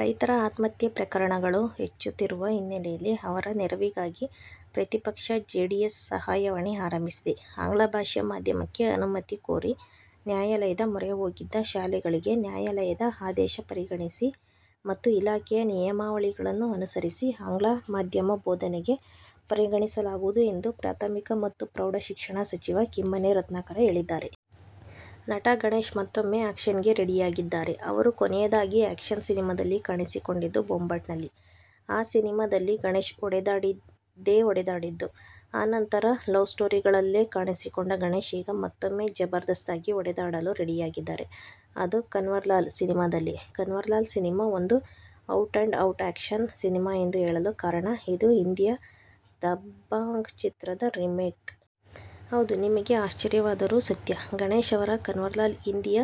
ರೈತರ ಆತ್ಮಹತ್ಯೆ ಪ್ರಕರಣಗಳು ಹೆಚ್ಚುತ್ತಿರುವ ಹಿನ್ನೆಲೆಯಲ್ಲಿ ಅವರ ನೆರವಿಗಾಗಿ ಪ್ರತಿಪಕ್ಷ ಜೆಡಿಎಸ್ ಸಹಾಯವಾಣಿ ಆರಂಭಿಸಿದೆ. ಆಂಗ್ಲ ಭಾಷಾ ಮಾಧ್ಯಮಕ್ಕೆ ಅನುಮತಿ ಕೋರಿ ನ್ಯಾಯಾಲಯದ ಮೊರೆಹೋಗಿದ್ದ ಶಾಲೆಗಳಿಗೆ ನ್ಯಾಯಾಲಯದ ಆದೇಶ ಪರಿಗಣಿಸಿ ಮತ್ತು ಇಲಾಖೆಯ ನಿಯಮಾವಳಿಗಳನ್ನೂ ಅನುಸರಿಸಿ ಆಂಗ್ಲ ಮಾಧ್ಯಮ ಬೋಧನೆಗೆ ಪರಿಗಣಿಸಲಾಗುವುದು ಎಂದು ಪ್ರಾಥಮಿಕ ಮತ್ತು ಪ್ರೌಢ ಶಿಕ್ಷಣ ಸಚಿವ ಕಿಮ್ಮನೆ ರತ್ನಾಕರ ಹೇಳಿದ್ದಾರೆ. ನಟ ಗಣೇಶ್ ಮತ್ತೂಮ್ಮೆ ಆ್ಯಕ್ಷನ್ಗೆ ರೆಡಿಯಾಗಿದ್ದಾರೆ. ಅವರು ಕೊನೆಯದಾಗಿ ಆ್ಯಕ್ಷನ್ ಸಿನಿಮಾದಲ್ಲಿ ಕಾಣಿಸಿಕೊಂಡಿದ್ದು "ಬೊಂಬಾಟ್'ನಲ್ಲಿ. ಆ ಸಿನಿಮಾದಲ್ಲಿ ಗಣೇಶ್ ಹೊಡೆದಾಡಿದ್ದೇ ಹೊಡೆದಾಡಿದ್ದು. ಆ ನಂತರ ಲವ್ಸ್ಟೋರಿಗಳಲ್ಲೇ ಕಾಣಿಸಿಕೊಂಡ ಗಣೇಶ್ ಈಗ ಮತ್ತೂಮ್ಮೆ ಜಬರ್ದಸ್ತ್ ಆಗಿ ಹೊಡೆದಾಡಲು ರೆಡಿಯಾಗಿದ್ದಾರೆ. ಅದು "ಕನ್ವರ್ಲಾಲ್' ಸಿನಿಮಾದಲ್ಲಿ. "ಕನ್ವರ್ಲಾಲ್' ಸಿನಿಮಾ ಒಂದು out and out action cinema ಎಂದು ಹೇಳಲು ಕಾರಣ, ಇದು ಹಿಂದಿಯ "ದಭಾಂಗ್' ಚಿತ್ರದ ರೀಮೇಕ್. ಹೌದು, ನಿಮಗೆ ಆಶ್ವರ್ಯವಾದರೂ ಸತ್ಯ. ಗಣೇಶ್ ಅವರ "ಕನ್ವರ್ಲಾಲ್' ಹಿಂದಿಯ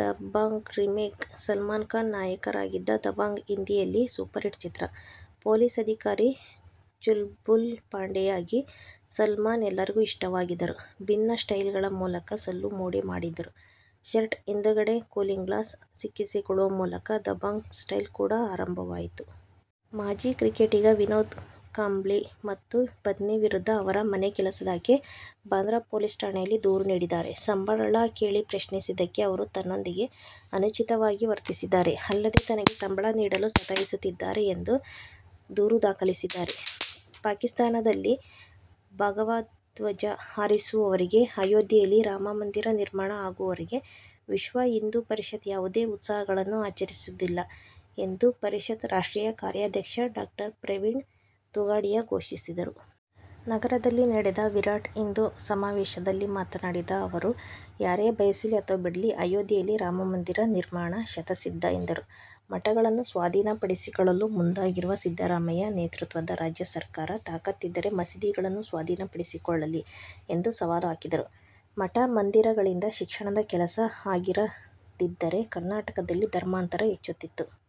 "ದಭಾಂಗ್' ರೀಮೇಕ್. ಸಲ್ಮಾನ್ ಖಾನ್ ನಾಯಕರಾಗಿದ್ದ "ದಭಾಂಗ್' ಹಿಂದಿಯಲ್ಲಿ ಸೂಪರ್ ಹಿಟ್ ಚಿತ್ರ. ಪೊಲೀಸ್ ಅಧಿಕಾರಿ ಚುಲ್ಬುಲ್ ಪಾಂಡೆಯಾಗಿ ಸಲ್ಮಾನ್ ಎಲ್ಲರಿಗೂ ಇಷ್ಟವಾಗಿದ್ದರು. ಭಿನ್ನ ಸ್ಟೈಲ್ಗಳ ಮೂಲಕ ಸಲ್ಲು ಮೋಡಿ ಮಾಡಿದ್ದರು. ಶರ್ಟ್ ಹಿಂದುಗಡೆ ಕೂಲಿಂಗ್ ಗ್ಲಾಸ್ ಸಿಕ್ಕಿಸಿಕೊಳ್ಳುವ ಮೂಲಕ "ದಭಾಂಗ್ ಸ್ಟೈಲ್' ಕೂಡಾ ಆರಂಭವಾಯಿತು. ಮಾಜಿ ಕ್ರಿಕೆಟಿಗ ವಿನೋದ್ ಕಾಂಬ್ಳಿ ಮತ್ತು ಪತ್ನಿ ವಿರುದ್ಧ ಅವರ ಮನೆ ಕೆಲಸದಾಕೆ ಬಾಂದ್ರಾ ಪೊಲೀಸ್ ಠಾಣೆಯಲ್ಲಿ ದೂರು ನೀಡಿದ್ದಾರೆ. ಸಂಬಳ ಕೇಳಿ ಪ್ರಶ್ನಿಸಿದ್ದಕ್ಕೆ ಅವರು ತನ್ನೊಂದಿಗೆ ಅನುಚಿತವಾಗಿ ವರ್ತಿಸಿದ್ದಾರೆ, ಅಲ್ಲದೆ ತನಗೆ ಸಂಬಳ ನೀಡಲು ಸತಾಯಿಸುತ್ತಿದ್ದಾರೆ ಎಂದು ದೂರು ದಾಖಲಿಸಿದ್ದಾರೆ. ಪಾಕಿಸ್ತಾನದಲ್ಲಿ ಭಗವಾಧ್ವಜ ಹಾರಿಸುವವರೆಗೆ, ಅಯೋಧ್ಯೆಯಲ್ಲಿ ರಾಮಮಂದಿರ ನಿರ್ಮಾಣ ಆಗುವವರೆಗೆ ವಿಶ್ವ ಹಿಂದು ಪರಿಷತ್ ಯಾವುದೇ ಉತ್ಸವಗಳನ್ನು ಆಚರಿಸುವುದಿಲ್ಲ ಎಂದು ಪರಿಷತ್ ರಾಷ್ಟ್ರೀಯ ಕಾರ್ಯಾಧ್ಯಕ್ಷ ಡಾ ಪ್ರವೀಣ ತೊಗಾಡಿಯಾ ಘೋಷಿಸಿದರು. ನಗರದಲ್ಲಿ ನಡೆದ ವಿರಾಟ್ ಹಿಂದು ಸಮಾವೇಶದಲ್ಲಿ ಮಾತನಾಡಿದ ಅವರು, ಯಾರೇ ಬಯಸಲಿ ಅಥವಾ ಬಿಡಲಿ ಅಯೋಧ್ಯೆಯಲ್ಲಿ ರಾಮ ಮಂದಿರ ನಿರ್ಮಾಣ ಶತಃಸಿದ್ಧ ಎಂದರು. ಮಠಗಳನ್ನು ಸ್ವಾಧೀನ ಪಡಿಸಿಕೊಳ್ಳಲು ಮುಂದಾಗಿರುವ ಸಿದ್ದರಾಮಯ್ಯ ನೇತೃತ್ವದ ರಾಜ್ಯ ಸರ್ಕಾರ ತಾಕತ್ತಿದ್ದರೆ ಮಸೀದಿಗಳನ್ನು ಸ್ವಾಧೀನಪಡಿಸಿಕೊಳ್ಳಲಿ ಎಂದು ಸವಾಲು ಹಾಕಿದರು. ಮಠ-ಮಂದಿರಗಳಿಂದ ಶಿಕ್ಷಣದ ಕೆಲಸ ಆಗಿರದಿದ್ದರೆ ಕರ್ನಾಟಕದಲ್ಲಿ ಧರ್ಮಾಂತರ ಹೆಚ್ಚುತ್ತಿತ್ತು.